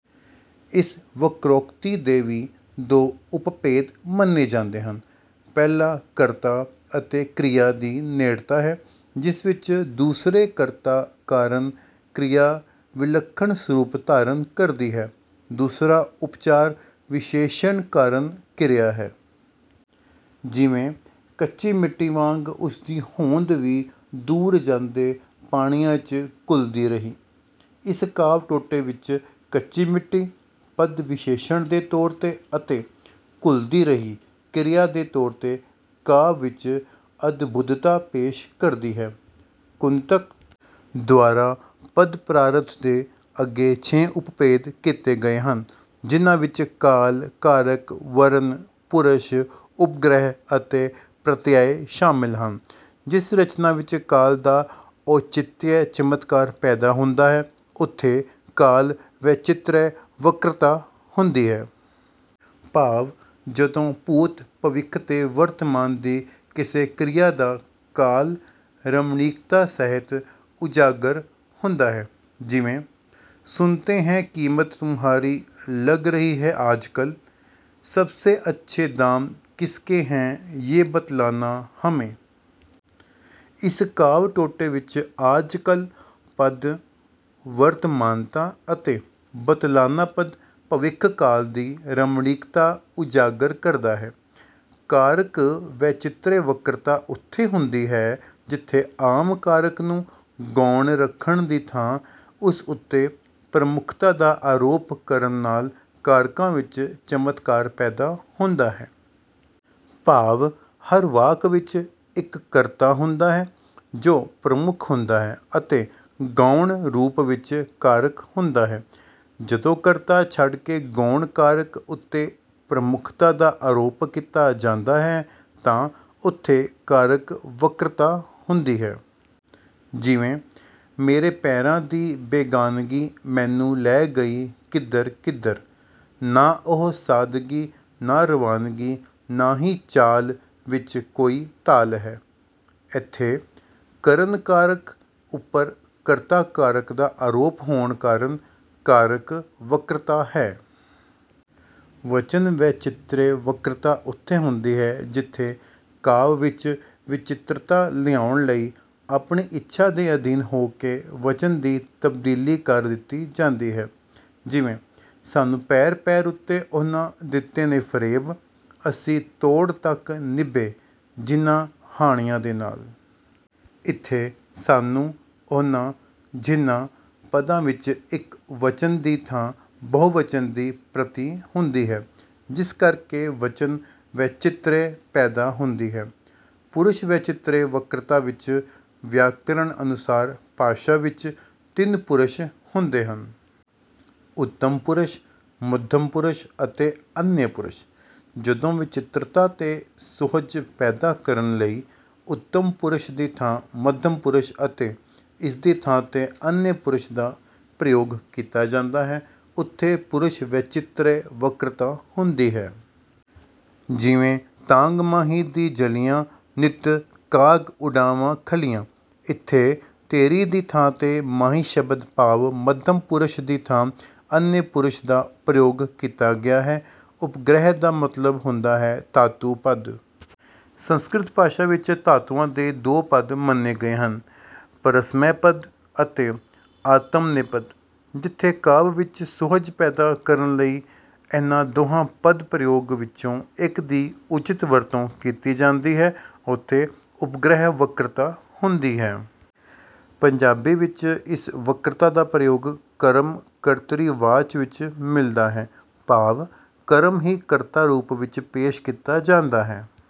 ਇਸ ਵਕ੍ਰੋਕਤੀ ਦੇ ਵੀ ਦੋ ਉਪਭੇਦ ਮੰਨੇ ਜਾਂਦੇ ਹਨ। ਪਹਿਲਾ ਕਰਤਾ ਅਤੇ ਕ੍ਰਿਆ ਦੀ ਨੇੜਤਾ ਹੈ ਜਿਸ ਵਿੱਚ ਦੂਸਰੇ ਕਰਤਾ ਕਾਰਨ ਕ੍ਰਿਆ ਵਿਲੱਖਣ ਸਰੂਪ ਧਾਰਨ ਕਰਦੀ ਹੈ। ਦੂਸਰਾ ਉਪਚਾਰ ਵਿਸ਼ੇਸ਼ਣ ਕਾਰਨ ਕਿਰਿਆ ਹੈ। ਜਿਵੇਂ "ਕੱਚੀ ਮਿੱਟੀ ਵਾਂਗ ਉਸਦੀ ਹੋਂਦ ਵੀ ਦੂਰ ਜਾਂਦੇ ਪਾਣੀਆਂ 'ਚ ਘੁਲਦੀ ਰਹੀ"। ਇਸ ਕਾਵਿ ਟੋਟੇ ਵਿੱਚ 'ਕੱਚੀ ਮਿੱਟੀ' ਪਦ ਵਿਸ਼ੇਸ਼ਣ ਦੇ ਤੌਰ 'ਤੇ ਅਤੇ 'ਘੁਲਦੀ ਰਹੀ' ਕਿਰਿਆ ਦੇ ਤੌਰ 'ਤੇ ਕਾਵਿ ਵਿੱਚ ਅਦਭੁਤਤਾ ਪੇਸ਼ ਕਰਦੀ ਹੈ। ਕੁੰਤਕ ਦੁਆਰਾ ਪਦ-ਪਰਾਰਧ ਦੇ ਅੱਗੇ ਛੇ ਉਪਭੇਦ ਕੀਤੇ ਗਏ ਹਨ ਜਿਨ੍ਹਾਂ ਵਿੱਚ ਕਾਲ, ਕਾਰਕ, ਵਚਨ, ਪੁਰਸ਼, ਉਪਗ੍ਰਹ ਅਤੇ ਪ੍ਰਤਿਅਯ ਸ਼ਾਮਲ ਹਨ। ਜਿਸ ਰਚਨਾ ਵਿੱਚ ਕਾਲ ਦਾ ਔਚਿਤਯ ਚਮਤਕਾਰ ਪੈਦਾ ਹੁੰਦਾ ਹੈ ਉੱਥੇ ਕਾਲ ਵੈਚਿਤ੍ਰਯ ਵਕ੍ਰਤਾ ਹੁੰਦੀ ਹੈ। ਭਾਵ ਜਦੋਂ ਭੂਤ, ਭਵਿੱਖ ਤੇ ਵਰਤਮਾਨ ਦੀ ਕਿਸੇ ਕ੍ਰਿਆ ਦਾ ਕਾਲ ਰਮਣੀਕਤਾ ਸਹਿਤ ਉਜਾਗਰ ਹੁੰਦਾ ਹੈ। ਜਿਵੇਂ "ਸੁਨਤੇ ਹੈਂ ਕੀਮਤ ਤੁਮਹਾਰੀ ਲੱਗ ਰਹੀ ਹੈ ਆਜ-ਕਲ, ਸਬ ਸੇ ਅੱਛੇ ਦਾਮ ਕਿਸ ਕੇ ਹੈਂ, ਯੇ ਬਤਲਾਨਾ ਹਮੇ"। ਇਸ ਕਾਵਿ ਟੋਟੇ ਵਿੱਚ 'ਆਜ-ਕਲ' ਪਦ ਵਰਤਮਾਨਤਾ ਅਤੇ 'ਬਤਲਾਨਾ' ਪਦ ਭਵਿੱਖ ਕਾਲ ਦੀ ਰਮਣੀਕਤਾ ਉਜਾਗਰ ਕਰਦਾ ਹੈ। ਕਾਰਕ ਵੈਚਿਤ੍ਰਯ ਵਕ੍ਰਤਾ ਉੱਥੇ ਹੁੰਦੀ ਹੈ ਜਿੱਥੇ ਆਮ ਕਾਰਕ ਨੂੰ ਗੌਣ ਰੱਖਣ ਦੀ ਥਾਂ ਉਸ ਉੱਤੇ ਪ੍ਰਮੁੱਖਤਾ ਦਾ ਆਰੋਪ ਕਰਨ ਨਾਲ ਕਾਰਕਾਂ ਵਿੱਚ ਚਮਤਕਾਰ ਪੈਦਾ ਹੁੰਦਾ ਹੈ। ਭਾਵ ਹਰ ਵਾਕ ਵਿੱਚ ਇੱਕ ਕਰਤਾ ਹੁੰਦਾ ਹੈ ਜੋ ਪ੍ਰਮੁੱਖ ਹੁੰਦਾ ਹੈ ਅਤੇ ਗੌਣ ਰੂਪ ਵਿੱਚ ਕਾਰਕ ਹੁੰਦਾ ਹੈ। ਜਦੋਂ ਕਰਤਾ ਛੱਡ ਕੇ ਗੌਣ ਕਾਰਕ ਉੱਤੇ ਪ੍ਰਮੁੱਖਤਾ ਦਾ ਆਰੋਪ ਕੀਤਾ ਜਾਂਦਾ ਹੈ ਤਾਂ ਉੱਥੇ ਕਾਰਕ ਵਕ੍ਰਤਾ ਹੁੰਦੀ ਹੈ। ਜਿਵੇਂ "ਮੇਰੇ ਪੈਰਾਂ ਦੀ ਬੇਗਾਨਗੀ ਮੈਨੂੰ ਲੈ ਗਈ ਕਿੱਧਰ-ਕਿੱਧਰ। ਨਾ ਉਹ ਸਾਦਗੀ ਨਾ ਰਵਾਨਗੀ ਨਾ ਹੀ ਚਾਲ ਵਿੱਚ ਕੋਈ ਤਾਲ ਹੈ"। ਇੱਥੇ 'ਕਰਨ ਕਾਰਕ' ਉੱਪਰ 'ਕਰਤਾ ਕਾਰਕ' ਦਾ ਆਰੋਪ ਹੋਣ ਕਾਰਨ 'ਕਾਰਕ ਵਕ੍ਰਤਾ' ਹੈ। ਵਚਨ ਵੈਚਿਤ੍ਰਯ ਵਕ੍ਰਤਾ ਉੱਥੇ ਹੁੰਦੀ ਹੈ ਜਿੱਥੇ ਕਾਵਿ ਵਿੱਚ ਵਿਚਿਤ੍ਰਤਾ ਲਿਆਉਣ ਲਈ ਆਪਣੀ ਇੱਛਾ ਦੇ ਅਧੀਨ ਹੋ ਕੇ ਵਚਨ ਦੀ ਤਬਦੀਲੀ ਕਰ ਦਿੱਤੀ ਜਾਂਦੀ ਹੈ। ਜਿਵੇਂ "ਸਾਨੂੰ ਪੈਰ-ਪੈਰ ਉਤੇ ਉਨ੍ਹਾਂ ਦਿੱਤੇ ਨੇ ਫਰੇਬ, ਅਸੀਂ ਤੋੜ ਤੱਕ ਨਿਭੇ ਜਿਹਨਾਂ ਹਾਣੀਆਂ ਦੇ ਨਾਲ"। ਇੱਥੇ 'ਸਾਨੂੰ', 'ਉਹਨਾਂ', 'ਜਿਹਨਾਂ' ਪਦਾਂ ਵਿੱਚ ਇਕ ਵਚਨ ਦੀ ਥਾਂ ਬਹੁਵਚਨ ਦੀ ਪ੍ਰਤੀ ਹੁੰਦੀ ਹੈ ਜਿਸ ਕਰਕੇ ਵਚਨ ਵੈਚਿਤ੍ਰਯ ਪੈਦਾ ਹੁੰਦੀ ਹੈ। ਪੁਰਸ਼ ਵੈਚਿਤ੍ਰਯ ਵਕ੍ਰਤਾ ਵਿੱਚ ਵਿਆਕਰਣ ਅਨੁਸਾਰ ਭਾਸ਼ਾ ਵਿੱਚ ਤਿੰਨ ਪੁਰਸ਼ ਹੁੰਦੇ ਹਨ। ਉੱਤਮ ਪੁਰਸ਼, ਮੱਧਮ ਪੁਰਸ਼ ਅਤੇ ਅਨਯ ਪੁਰਸ਼। ਜਦੋਂ ਵਿਚਿਤ੍ਰਤਾ ਤੇ ਸੁਹਜ ਪੈਦਾ ਕਰਨ ਲਈ ਉੱਤਮ ਪੁਰਸ਼ ਦੀ ਥਾਂ ਮੱਧਮ ਪੁਰਸ਼ ਅਤੇ ਇਸ ਦੀ ਥਾਂ ਤੇ ਅਨਯ ਪੁਰਸ਼ ਦਾ ਪ੍ਰਯੋਗ ਕੀਤਾ ਜਾਂਦਾ ਹੈ ਉੱਥੇ ਪੁਰਸ਼ ਵੈਚਿਤ੍ਰਯ ਵਕ੍ਰਤਾ ਹੁੰਦੀ ਹੈ। ਜਿਵੇਂ "ਤਾਂਘ ਮਾਹੀ ਦੀ ਜਲੀਆਂ ਨਿੱਤ ਕਾਗ ਉਡਾਵਾਂ ਖਲੀਆਂ"। ਇੱਥੇ 'ਤੇਰੀ' ਦੀ ਥਾਂ ਤੇ 'ਮਾਹੀ' ਸ਼ਬਦ ਭਾਵ ਮੱਧਮ ਪੁਰਸ਼ ਦੀ ਥਾਂ 'ਅਨਯ ਪੁਰਸ਼' ਦਾ ਪ੍ਰਯੋਗ ਕੀਤਾ ਗਿਆ ਹੈ। ਉਪਗ੍ਰਹਿ ਦਾ ਮਤਲਬ ਹੁੰਦਾ ਹੈ ਧਾਤੂ-ਪਦ। ਸੰਸਕ੍ਰਿਤ ਭਾਸ਼ਾ ਵਿੱਚ ਧਾਤੂਆਂ ਦੇ ਦੋ ਪਦ ਮੰਨੇ ਗਏ ਹਨ ਪਰਸਮੈਪਦ ਅਤੇ ਆਤਮਨੇਪਦ। ਜਿੱਥੇ ਕਾਵਿ ਵਿੱਚ ਸੁਹਜ ਪੈਦਾ ਕਰਨ ਲਈ ਇਹਨਾਂ ਦੋਹਾਂ ਪਦ-ਪ੍ਰਯੋਗ ਵਿੱਚੋਂ ਇੱਕ ਦੀ ਉੱਚਿਤ ਵਰਤੋਂ ਕੀਤੀ ਜਾਂਦੀ ਹੈ ਉੱਥੇ ਉਪਗ੍ਰਹਿ ਵਕ੍ਰਤਾ ਹੁੰਦੀ ਹੈ। ਪੰਜਾਬੀ ਵਿੱਚ ਇਸ ਵਕ੍ਰਤਾ ਦਾ ਪ੍ਰਯੋਗ ਕਰਮ-ਕਰਤਰੀ ਵਾਚ ਵਿੱਚ ਮਿਲਦਾ ਹੈ ਭਾਵ ਕਰਮ ਹੀ ਕਰਤਾ ਰੂਪ ਵਿੱਚ ਪੇਸ਼ ਕੀਤਾ ਜਾਂਦਾ ਹੈ।